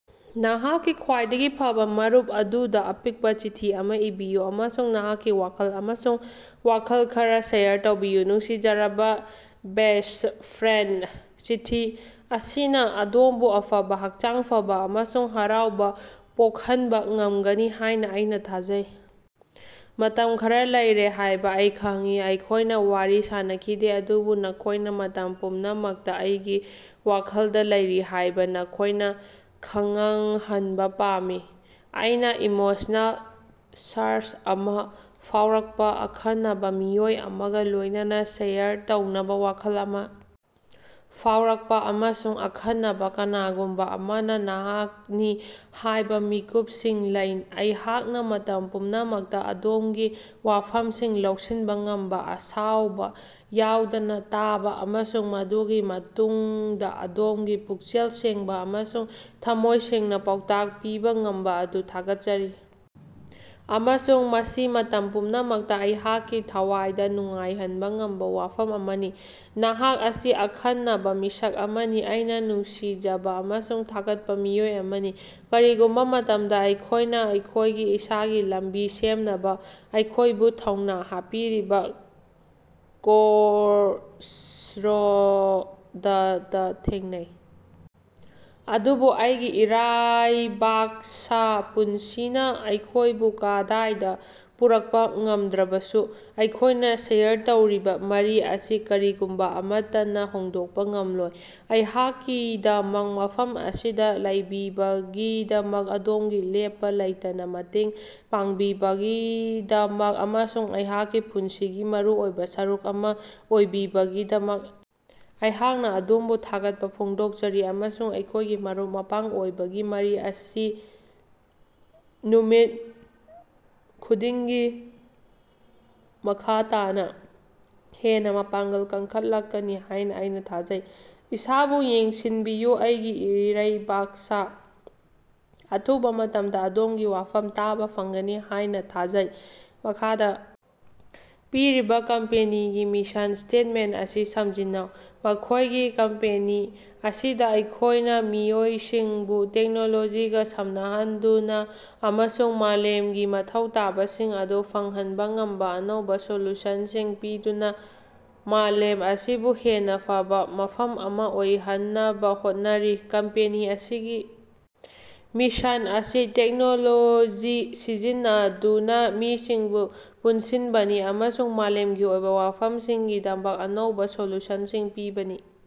ꯅꯍꯥꯛꯀꯤ ꯈ꯭ꯋꯥꯏꯗꯒꯤ ꯐꯕꯥ ꯃꯔꯨꯞ ꯑꯗꯨꯗ ꯑꯄꯤꯛꯄ ꯆꯤꯊꯤ ꯑꯃ ꯏꯕꯤꯌꯨ ꯑꯃꯁꯨꯡ ꯅꯍꯥꯛꯀꯤ ꯋꯥꯈꯜ ꯑꯃꯁꯨꯡ ꯋꯥꯈꯜ ꯈꯔꯥ ꯁꯦꯌꯔ ꯇꯧꯕꯤꯌꯨ꯫ ꯅꯨꯡꯁꯤꯖꯔꯕꯥ ꯕꯦꯁ꯭ꯠ ꯐ꯭ꯔꯦꯟꯗ, ꯆꯤꯊꯤ ꯑꯁꯤꯅ ꯑꯗꯣꯝꯕꯨ ꯑꯐꯕ ꯍꯛꯆꯥꯡ ꯐꯕꯥ ꯑꯃꯁꯨꯡ ꯍꯔꯥꯎꯕ ꯄꯣꯛꯍꯟꯕ ꯉꯝꯒꯅꯤ ꯍꯥꯏꯅ ꯑꯩꯅ ꯊꯥꯖꯩ꯫ ꯃꯇꯝ ꯈꯔꯥ ꯂꯩꯔꯦ ꯍꯥꯏꯕ ꯑꯩ ꯈꯪꯏ, ꯑꯩꯈꯣꯏꯅ ꯋꯥꯔꯤ ꯁꯥꯅꯈꯤꯗꯦ, ꯑꯗꯨꯕꯨ ꯅꯈꯣꯏꯅ ꯃꯇꯝ ꯄꯨꯝꯅꯃꯛꯇ ꯑꯩꯒꯤ ꯋꯥꯈꯜꯗ ꯂꯩꯔꯤ ꯍꯥꯏꯕ ꯅꯈꯣꯏꯅ ꯈꯉꯪꯍꯟꯕ ꯄꯥꯝꯃꯤ꯫ ꯑꯩꯅ ꯏꯃꯣꯁꯅꯦꯜ ꯁꯔꯖ ꯑꯃ ꯐꯥꯎꯔꯛꯄ, ꯑꯈꯟꯅꯕ ꯃꯤꯑꯣꯏ ꯑꯃꯒ ꯂꯣꯏꯅꯅꯥ ꯁꯦꯌꯔ ꯇꯧꯅꯕꯥ ꯋꯥꯈꯜ ꯑꯃ ꯐꯥꯎꯔꯛꯄ, ꯑꯃꯁꯨꯡ ꯑꯈꯟꯅꯕ ꯀꯅꯥꯒꯨꯝꯕ ꯑꯃꯅ ꯅꯍꯥꯛꯅꯤ ꯍꯥꯏꯕ ꯃꯤꯀꯨꯞꯁꯤꯡ ꯂꯩ꯫ ꯑꯩꯍꯥꯛꯅ ꯃꯇꯝ ꯄꯨꯝꯅꯃꯛꯇ ꯑꯗꯣꯝꯒꯤ ꯋꯥꯐꯝꯁꯤꯡ ꯂꯧꯁꯤꯟꯕ ꯉꯝꯕ, ꯑꯁꯥꯎꯕ ꯌꯥꯎꯗꯅ ꯇꯥꯕ ꯑꯃꯁꯨꯡ ꯃꯗꯨꯒꯤ ꯃꯇꯨꯡꯗ ꯑꯗꯣꯝꯒꯤ ꯄꯨꯛꯆꯦꯜ ꯁꯦꯡꯕ ꯑꯃꯁꯨꯡ ꯊꯝꯃꯣꯏ ꯁꯦꯡꯅ ꯄꯥꯎꯇꯥꯛ ꯄꯤꯕ ꯉꯝꯕ ꯑꯗꯨ ꯊꯥꯒꯠꯆꯔꯤ, ꯑꯃꯁꯨꯡ ꯃꯁꯤ ꯃꯇꯝ ꯄꯨꯝꯅꯃꯛꯇ ꯑꯩꯍꯥꯛꯀꯤ ꯊꯋꯥꯏꯗ ꯅꯨꯡꯉꯥꯏꯍꯟꯕ ꯉꯝꯕ ꯋꯥꯐꯝ ꯑꯃꯅꯤ꯫ ꯅꯍꯥꯛ ꯑꯁꯤ ꯑꯈꯟꯅꯕ ꯃꯤꯁꯛ ꯑꯃꯅꯤ, ꯑꯩꯅ ꯅꯨꯡꯁꯤꯖꯕ ꯑꯃꯁꯨꯡ ꯊꯥꯒꯠꯄ ꯃꯤꯑꯣꯏ ꯑꯃꯅꯤ꯫ ꯀꯔꯤꯒꯨꯝꯕ ꯃꯇꯝꯗ, ꯑꯩꯈꯣꯏꯅ ꯑꯩꯈꯣꯏꯒꯤ ꯏꯁꯥꯒꯤ ꯂꯝꯕꯤ ꯁꯦꯝꯅꯕ ꯑꯩꯈꯣꯏꯕꯨ ꯊꯧꯅ ꯍꯥꯞꯄꯤꯔꯤꯕ ꯀ꯭ꯔꯣꯁꯔꯣꯗꯇꯥ ꯊꯦꯡꯅꯩ, ꯑꯗꯨꯕꯨ ꯑꯩꯒꯤ ꯏꯔꯩꯕꯥꯛꯁꯥ, ꯄꯨꯟꯁꯤꯅ ꯑꯩꯈꯣꯏꯕꯨ ꯀꯗꯥꯏꯗ ꯄꯨꯔꯛꯄ ꯉꯝꯗ꯭ꯔꯕꯁꯨ, ꯑꯩꯈꯣꯏꯅ ꯁꯦꯌꯔ ꯇꯧꯔꯤꯕ ꯃꯔꯤ ꯑꯁꯤ ꯀꯔꯤꯒꯨꯝꯕ ꯑꯃꯠꯇꯅꯥ ꯍꯣꯡꯗꯣꯛꯄ ꯉꯝꯂꯣꯏ꯫ ꯑꯩꯍꯥꯛꯀꯤꯗꯃꯛ ꯃꯐꯝ ꯑꯁꯤꯗ ꯂꯩꯕꯤꯕꯒꯤꯗꯃꯛ, ꯑꯗꯣꯝꯒꯤ ꯂꯦꯞꯄ ꯂꯩꯇꯅꯥ ꯃꯇꯦꯡ ꯄꯥꯡꯕꯤꯕꯒꯤꯗꯃꯛ, ꯑꯃꯁꯨꯡ ꯑꯩꯍꯥꯛꯀꯤ ꯄꯨꯟꯁꯤꯒꯤ ꯃꯔꯨꯑꯣꯏꯕ ꯁꯔꯨꯛ ꯑꯃ ꯑꯣꯏꯕꯤꯕꯒꯤꯗꯃꯛ ꯑꯩꯍꯥꯛꯅ ꯑꯗꯣꯝꯕꯨ ꯊꯥꯒꯠꯄ ꯐꯣꯡꯗꯣꯛꯆꯔꯤ꯫ ꯑꯃꯁꯨꯡ ꯑꯩꯈꯣꯏꯒꯤ ꯃꯔꯨꯞ-ꯃꯄꯥꯡ ꯑꯣꯏꯕꯒꯤ ꯃꯔꯤ ꯑꯁꯤ ꯅꯨꯃꯤꯠ ꯈꯨꯗꯤꯡꯒꯤ ꯃꯈꯥ ꯇꯥꯅ ꯍꯦꯟꯅ ꯃꯄꯥꯡꯒꯜ ꯀꯟꯈꯠꯂꯛꯀꯅꯤ ꯍꯥꯏꯅ ꯑꯩꯅ ꯊꯥꯖꯩ꯫ ꯏꯁꯥꯕꯨ ꯌꯦꯡꯁꯤꯟꯕꯤꯌꯨ ꯑꯩꯒꯤ ꯏꯔꯩꯕꯥꯛꯁꯥ꯫ ꯑꯊꯨꯕ ꯃꯇꯝꯗ ꯑꯗꯣꯝꯒꯤ ꯋꯥꯐꯝ ꯇꯥꯕ ꯐꯪꯒꯅꯤ ꯍꯥꯏꯅ ꯊꯥꯖꯩ꯫ ꯃꯈꯥꯗ ꯄꯤꯔꯤꯕ ꯀꯝꯄꯅꯤꯒꯤ ꯃꯤꯁꯟ ꯁ꯭ꯇꯦꯠꯃꯦꯟꯇ ꯑꯁꯤ ꯁꯝꯖꯤꯟꯅꯧ꯫ ꯑꯩꯈꯣꯏꯒꯤ ꯀꯝꯄꯦꯅꯤ ꯑꯁꯤꯗ ꯑꯩꯈꯣꯏꯅ ꯃꯤꯑꯣꯏꯁꯤꯡꯕꯨ ꯇꯦꯛꯅꯣꯂꯣꯖꯤꯒ ꯁꯝꯅꯍꯟꯗꯨꯅ ꯑꯃꯁꯨꯡ ꯃꯥꯂꯦꯝꯒꯤ ꯃꯊꯧ ꯇꯥꯕꯁꯤꯡ ꯑꯗꯨ ꯐꯪꯍꯟꯕ ꯉꯝꯕ ꯑꯅꯧꯕ ꯁꯣꯂꯨꯁꯟꯁꯤꯡ ꯄꯤꯗꯨꯅ ꯃꯥꯂꯦꯝ ꯑꯁꯤꯕꯨ ꯍꯦꯟꯅ ꯐꯕꯥ ꯃꯐꯝ ꯑꯃ ꯑꯣꯏꯍꯟꯅꯕ ꯍꯣꯠꯅꯔꯤ꯫ ꯀꯝꯄꯦꯅꯤ ꯑꯁꯤꯒꯤ ꯃꯤꯁꯟ ꯑꯁꯤ ꯇꯦꯛꯅꯣꯂꯣꯖꯤ ꯁꯤꯖꯤꯟꯅꯗꯨꯅ ꯃꯤꯁꯤꯡꯕꯨ ꯄꯨꯟꯁꯤꯟꯕꯅꯤ, ꯑꯃꯁꯨꯡ ꯃꯥꯂꯦꯝꯒꯤ ꯑꯣꯏꯕ ꯋꯥꯐꯝꯁꯤꯡꯒꯤꯗꯃꯛ ꯑꯅꯧꯕ ꯁꯣꯂꯨꯁꯟꯁꯤꯡ ꯄꯤꯕꯅꯤ꯫